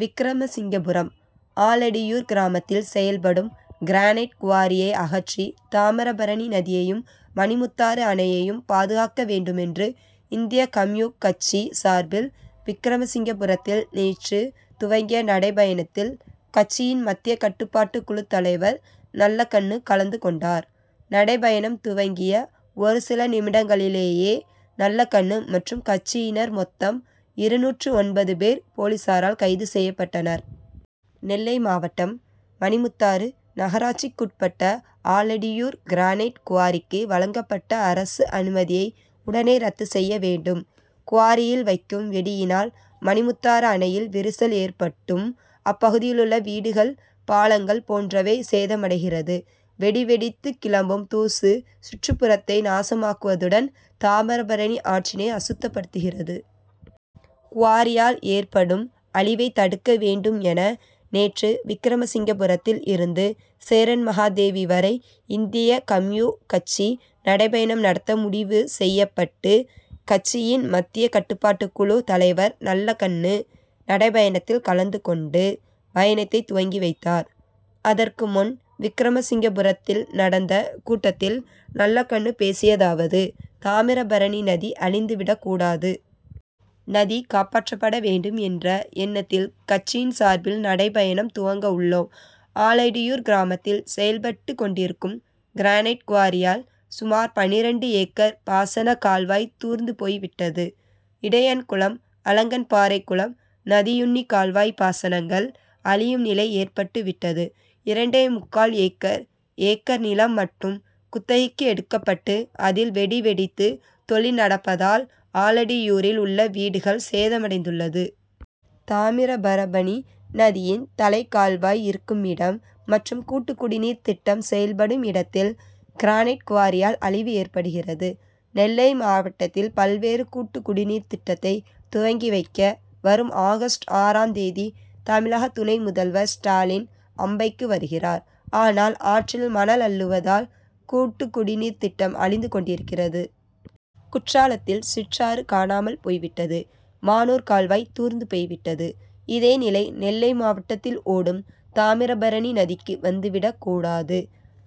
விக்கிரமசிங்கபுரம்:ஆலடியூர் கிராமத்தில் செயல்படும் கிரானைட் குவாரியை அகற்றி தாமிரபணி நதியையும், மணிமுத்தாறு அணையையும் பாதுகாக்க வேண்டுமென்று இந்திய கம்யூ., கட்சி சார்பில் விக்கிரமசிங்கபுரத்தில் நேற்று துவங்கிய நடைபயணத்தில் கட்சியின் மத்திய கட்டுப்பாட்டு குழு தலைவர் நல்லகண்ணு கலந்து கொண்டார். நடைபயணம் துவங்கிய ஒரு சில நிமிடங்களிலேயே நல்லகண்ணு மற்றும் கட்சியினர் மொத்தம் இருநூற்று ஒன்பது பேர் போலீசாரால் கைது செய்யப்பட்டனர். நெல்லைமாவட்டம் மணிமுத்தாறு நகராட்சிக்குட்பட்ட ஆலடியூர் கிரானைட் குவாரிக்கு வழங்கப்பட்ட அரசு அனுமதியை உடனே ரத்து செய்ய வேண்டும். குவாரியில் வைக்கும் வெடியினால் மணிமுத்தாறு அணையில் விரிசல் ஏற்பட்டும், அப்பகுதியிலுள்ள வீடுகள், பாலங்கள் போன்றவை சேதமடைகிறது. வெடி வெடித்து கிளம்பும் தூசு சுற்றுப்புறத்தை நாசமாக்குவதுடன் தாமிரபரணி ஆற்றினை அசுத்தப்படுத்துகிறது. குவாரியால் ஏற்படும் அழிவை தடுக்க வேண்டும் என நேற்று விக்கிரமசிங்கபுரத்தில் இருந்து சேரன்மகாதேவி வரை இந்திய கம்யூ., கட்சி நடைபயணம் நடத்த முடிவு செய்யப்பட்டு கட்சியின் மத்திய கட்டுப்பாட்டுக்குழு தலைவர் நல்லகண்ணு நடைபயணத்தில் கலந்து கொண்டு பயணத்தை துவக்கி வைத்தார். அதற்கு முன் விக்கிரமசிங்கபுரத்தில் நடந்த கூட்டத்தில் நல்லகண்ணு பேசியதாவது:-தாமிரபரணி நதி அழிந்து விடக்கூடாது. நதி காப்பாற்றப்பட வேண்டும் என்ற எண்ணத்தில் கட்சியின் சார்பில் நடைபயணம் துவக்க உள்ளோம். ஆலடியூர் கிராமத்தில் செயல்பட்டு கொண்டிருக்கும் கிரானைட் குவாரியால் சுமார் பன்னிரண்டு ஏக்கர் பாசன கால்வாய் தூர்ந்து போய்விட்டது. இடையன்குளம், அலங்கன்பாறைகுளம், நதியுன்னிகால்வாய் பாசனங்கள் அழியும் நிலை ஏற்பட்டு விட்டது. இரண்டே முக்கால் ஏக்கர் ஏக்கர் நிலம் மட்டும் குத்தகைக்கு எடுக்கப்பட்டு அதில் வெடி வெடித்து தொழில் நடப்பதால் ஆலடியூரில் உள்ள வீடுகள் சேதமடைந்துள்ளது. தாமிரபரபணி நதியின் தலைக்கால்வாய் இருக்குமிடம் மற்றும் கூட்டுக்குடிநீர் திட்டம் செயல்படும் இடத்தில் கிரானைட் குவாரியால் அழிவு ஏற்படுகிறது. நெல்லை மாவட்டத்தில் பல்வேறு கூட்டுக்குடிநீர் திட்டத்தை துவக்கி வைக்க வரும் ஆகஸ்ட் ஆறாம் தேதி தமிழக துணை முதல்வர் ஸ்டாலின் அம்பைக்கு வருகிறார். ஆனால் ஆற்றில் மணல் அள்ளுவதால் கூட்டுக்குடிநீர் திட்டம் அழிந்து கொண்டிருக்கிறது. குற்றாலத்தில் சிற்றாறு காணாமல் போய்விட்டது. மானூர் கால்வாய் தூர்ந்து போய்விட்டது. இதே நிலை நெல்லை மாவட்டத்தில் ஓடும் தாமிரபரணி நதிக்கு வந்துவிடக்கூடாது.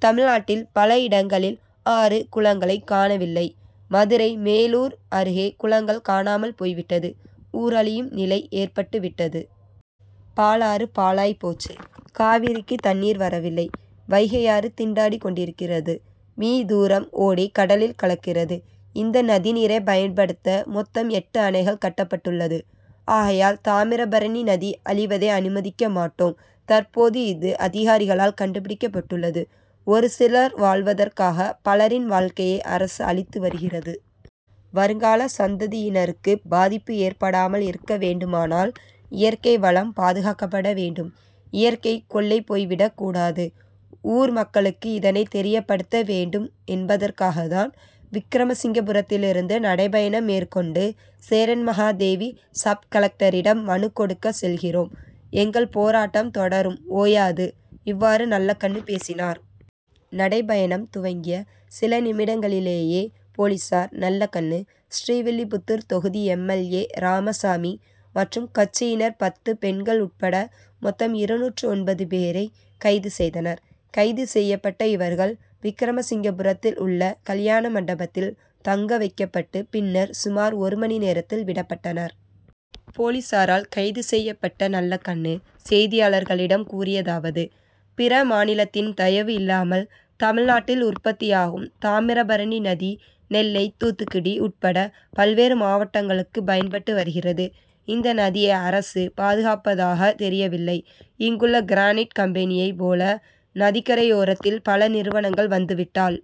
தமிழ்நாட்டில் பல இடங்களில் ஆறு, குளங்களை காணவில்லை. மதுரை மேலூர் அருகே குளங்கள் காணாமல் போய்விட்டது. ஊர் அழியும் நிலை ஏற்பட்டு விட்டது. பாலாறு பாழாய் போச்சு, காவிரிக்கு தண்ணீர் வரவில்லை. வைகையாறு திண்டாடி கொண்டிருக்கிறது. மீ. தூரம் ஓடி கடலில் கலக்கிறது. இந்த நதிநீரை பயன்படுத்த மொத்தம் எட்டு அணைகள் கட்டப்பட்டுள்ளது. ஆகையால் தாமிரபரணி நதி அழிவதை அனுமதிக்க மாட்டோம். தற்போது இது அதிகாரிகளால் கண்டுபிடிக்கப்பட்டுள்ளது. ஒரு சிலர் வாழ்வதற்காக பலரின் வாழ்க்கையை அரசு அழித்து வருகிறது. வருங்கால சந்ததியினருக்கு பாதிப்பு ஏற்படாமல் இருக்க வேண்டுமானால் இயற்கை வளம் பாதுகாக்கப்பட வேண்டும். இயற்கை கொள்ளை போய்விடக்கூடாது. ஊர் மக்களுக்கு இதனை தெரியப்படுத்த வேண்டும் என்பதற்காகத்தான் விக்கிரமசிங்கபுரத்திலிருந்து நடைபயணம் மேற்கொண்டு சேரன்மகாதேவி சப்-கலெக்டரிடம் மனு கொடுக்க செல்கிறோம். எங்கள் போராட்டம் தொடரும் ஓயாது. இவ்வாறு நல்லகண்ணு பேசினார். நடைபயணம் துவங்கிய சில நிமிடங்களிலேயே போலீசார் நல்லகண்ணு, ஸ்ரீவில்லிபுத்தூர் தொகுதி எம். எல். ஏ., ராமசாமி மற்றும் கட்சியினர் பத்து பெண்கள் உட்பட மொத்தம் இருநூற்று ஒன்பது பேரை கைது செய்தனர். கைது செய்யப்பட்ட இவர்கள் விக்கிரமசிங்கபுரத்தில் உள்ள கல்யாண மண்டபத்தில் தங்க வைக்கப்பட்டு பின்னர் சுமார் ஒரு மணி நேரத்தில் விடப்பட்டனர். போலீசாரால் கைது செய்யப்பட்ட நல்லகண்ணு செய்தியாளர்களிடம் கூறியதாவது:-பிற மாநிலத்தின் தயவு இல்லாமல் தமிழ்நாட்டில் உற்பத்தியாகும் தாமிரபரணி நதி நெல்லை, தூத்துக்குடி உட்பட பல்வேறு மாவட்டங்களுக்கு பயன்பட்டு வருகிறது. இந்த நதியை அரசு பாதுகாப்பதாக தெரியவில்லை. இங்குள்ள கிரானைட் கம்பெனியை போல நதிக்கரையோரத்தில் பல நிறுவனங்கள் வந்துவிட்டால்